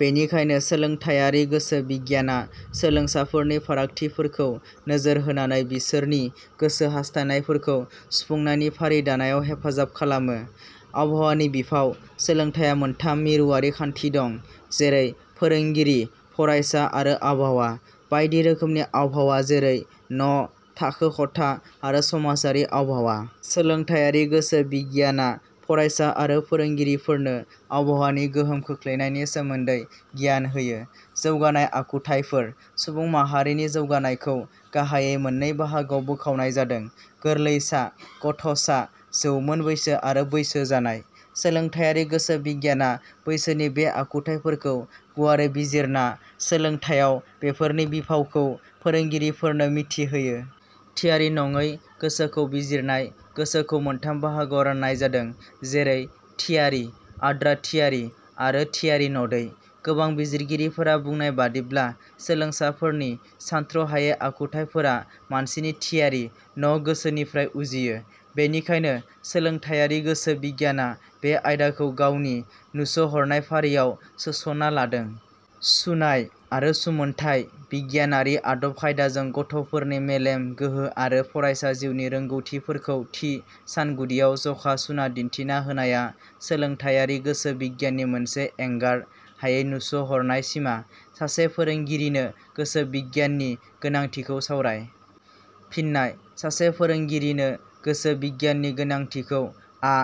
बेनिखायनो सोलोंथाइयारि गोसो बिगियाना सोलों साफोरनि फारागथिफोरखौ नोजोर होनानै बिसोरनि गोसो हासथायनायफोरखौ सुफुंनायनि फारि दानायाव हेफाजाब खालामो। आबहावानि बिफाव: सोलोंथाइया मोनथाम मिरुयारि खान्थि दं। जैरै- फोरोंगिरि, फरायसा आरो आबहावा। बायदि रोखोमनि आबहावा जैरै- न', थाखो खथा आरो समाजारि आबहावा। सोलोंथाइयारि गोसो बिगियाना फरायसा आरो फोरोंगिरिफोरनो आबहावानि गोहोम खोख्लैनायनि सोमोन्दै गियान होयो। जौगानाय आखुथाइफोर: सुबुं माहारिनि जौगानायखौ गाहाइयै मोनत्रै बाहागोआव बोखावनाय जादों- गोरलैसा, गथ'सा, जौमोन बैसो आरो बैसो जानाय। सोलोंथाइयारि गोसो बिगियाना बैसोनि बे आखुथाइफोरखौ गुवारै बिजिरना सोलोंथाइयाव बेफोरनि बिफावखौ फोरोंगिरिफोरनो मिथि होयो। थियारि नङै गोसोखौ बिजिरनाय: गोसोखौ मोनथाम बाहागोआव रान्नाय जादों। जेरै थियारि, आद्रा थियारि आरो थियारि नडै। गोबां बिजिरगिरिफोरा बुंनाय बादिब्ला सोलोंसाफोरनि सानथ्रहायै आखुथाइफोरा मानसिनि थियारि न गोसोनिफ्राय उजियो। बेनिखायनो सोलोंथाइयारि गोसो बिगियाना बे आयदाखौ गावनि नुस'हरनाय फारियाव सोसना लादों। सुनाय आरो सुमोनथाइ: बिगियानारि आदब खायदाजों गथ 'फोरनि मेलेम गोहो आरो फरायसा जिउनि रोंगौथिफोरखौ थि सानगुदियाव जखा सुना दिन्थिना होनाया सोलोंथाइयारि गोसो बिगियाननि मोनसे एंगार हायै नुस 'हरनाय सिमा। सासे फोरोंगिरिनो गोसो बिगियाननि गोनांथिखौ सावराय। फिननाय: सासे फोरोंगिरिनो गोसो बिगियाननि गोनांथिखौ आ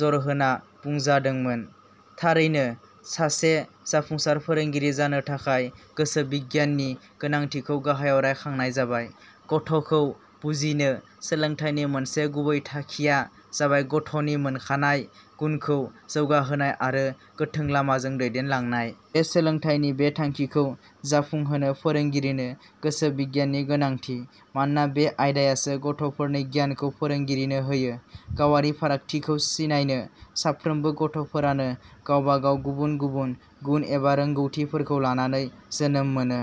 जरहोना बुंजादोंमोन। थारैनो सासे जाफुंसार फोरोंगिरि जानो थाखाय गोसो बिगियाननि गोनांथिखौ गाहायाव रायखांनाय जाबाय। गथ 'खौ बुजिनो: सोलोंथाइनि मोनसे गुबै थाखिया जाबाय गथ'नि मोनखानाय गुनखौ जौगाहोनाय आरो गोथों लामाजों दैदेनलांनाय। बे सोलोंथाइनि बे थांखिखौ जाफुंहोनो फोरोंगिरिनो गोसो बिगियाननि गोनांथि। मानोना बे आयदायासो गथ'फोरनि गियानखौ फोरोंगिरिनो होयो। गावारि फारागथिखौ सिनायनो: साफ्रोमबो गथ'फोरानो गावबा गाव गुबुन गुबुन गुन एबा रोंगौथिफोरखौ लानानै जोनोम मोनो।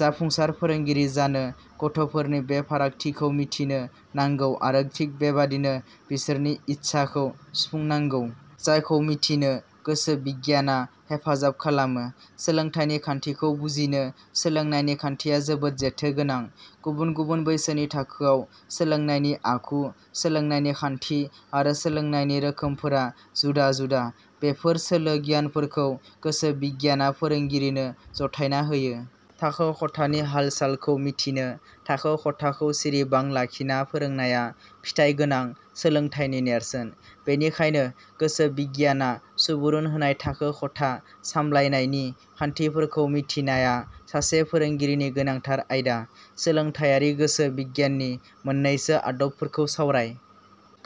जाफुंसार फोरोंगिरि जानो गथ'फोरनि बे फारागथिखौ मिथिनो नांगौ आरो थिग बेबादिनो बिसोरनि इससाखौ सुफुंनांगौ। जायखौ मिथिनो गोसो बिगियाना हेफाजाब खालामो। सोलोंथाइनि खान्थिखौ बुजिनो: सोलोंनायनि खान्थिया जोबोद जेथो गोनां। गबुन गुबुन बैसोनि थाखोआव सोलोंनायनि आखु, सोलोंनायनि खान्थि आरो सोलोंनायनि रोखोमफोरा जुदा-जुदा। बेफोर सोलो गियानफोरखौ गोसो बिगियाना फोरोंगिरिनो जथायना होयो। थाखो खथानि हाल-सालखौ मिथिनो: थाखो खथाखौ सिरिबाङ लाखिना फोरोंनाया फिथाइगोनां सोलोंथाइनि नेरसोन। बेनिखायनो गोसो बिगियाना सुबुरुन होनाय थाखो खथा सामब्लायनायनि खान्थिफोरखौ मिथिनाया सासे फोरोंगिरिनि गोनांथार आयदा। सोलोंथाइयारि गोसो बिगियाननि मोननैसो आदबफोरखौ सावराय।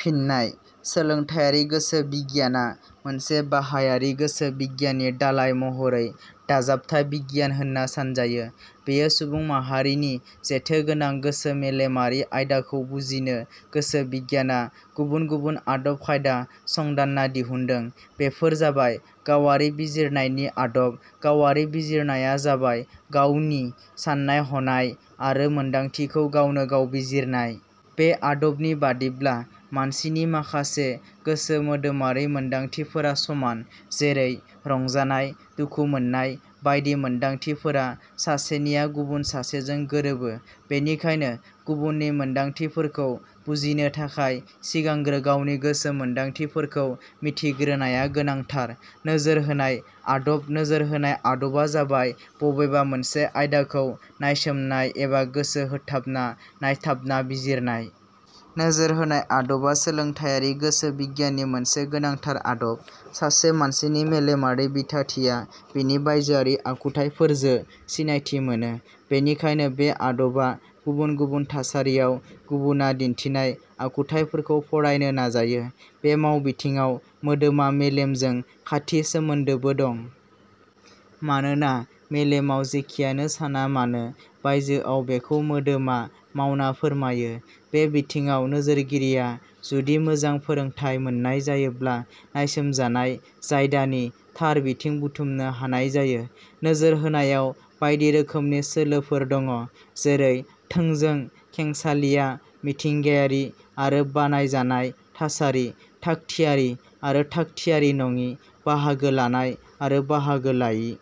फिननाय: सोलोंथायारि गोसो बिगियाना मोनसे बाहायारि गोसो बिगियाननि दालाइ महरै दाजाबथाइ बिगियान होनना सानजायो। बेयो सुबुंमाहारिनि जेथोगोनां गोसो-मेलेमारि आयदाखौ बुजिनो गोसो बिगियाना गुबुन गुबुन आदब खायदा संदान्ना दिहुनदों। बेफोर जाबाय-. गावारि बिजिरनायनि आदब: गावारि बिजिरनाया जाबाय-गावनि सान्नाय-हनाय आरो मोनदांथिखौ गावनो गाव बिजिरनाय। बे आदबनि बादिब्ला मानसिनि माखासे गोसो-मोदोमारि मोनदांथिफोरा समान। जेरै- रंजानाय, दुखुमोन्नाय बायदि मोनदांथिफोरा सासेनिया गुबुन सासेजों गोरोबो बेनिखायनो गुबुननि मोनदांथिफोरखौ बुजिनो थाखाय सिगांग्रो गावनि गोसो-मोनदांथिफोरखौ मिथिग्रोनाया गोनांथार।.नोजोर होनाय आदब: नोजोर होनाय आदबा जाबाय बबेबा मोनसे आयदाखौ नायसोमनाय एबा गोसो होथाबना नायथाबना बिजिरनाय। नोजोर होनाय आदबा सोलोंथाइयारि गोसो बिगियाननि मोनसे गोनांथार आदब। सासे मानसिनि मेलेमारि बिथाथिया बिनि बायजोआरि आखुथाइफोरजो सिनायथि मोनो। बेनिखायनो बे आदबा गुबुन गुबुन थासारियाव गुबुना दिन्थिनाय आखुथाइफोरखौ फरायनो नाजायो। बे मावबिथिङाव मोदोमा मेलेमजों खाथि सोमोन्दोबो दं। मानोना मेलेमाव जेखियानो सानामानो बायजोआव बेखौ मोदोमा मावना फोरमायो। बे बिथिङाव नोजोरगिरिया जुदि मोजां फोरोंथाइ मोन्नाय जायोब्ला नायसोमजानाय जायदानि थार बिथिं बुथुमनो हानाय जायो। नोजोर होनायाव बायदि रोखोमनि सोलोफोर दङ'। जेरै- थोंजों, खेंसालिया, मिथिंगायारि आरो बानायजानाय थासारि, थाग- थियारि आरो थाग-थियारि नङि, बाहागो लानाय आरो बाहागो लायि।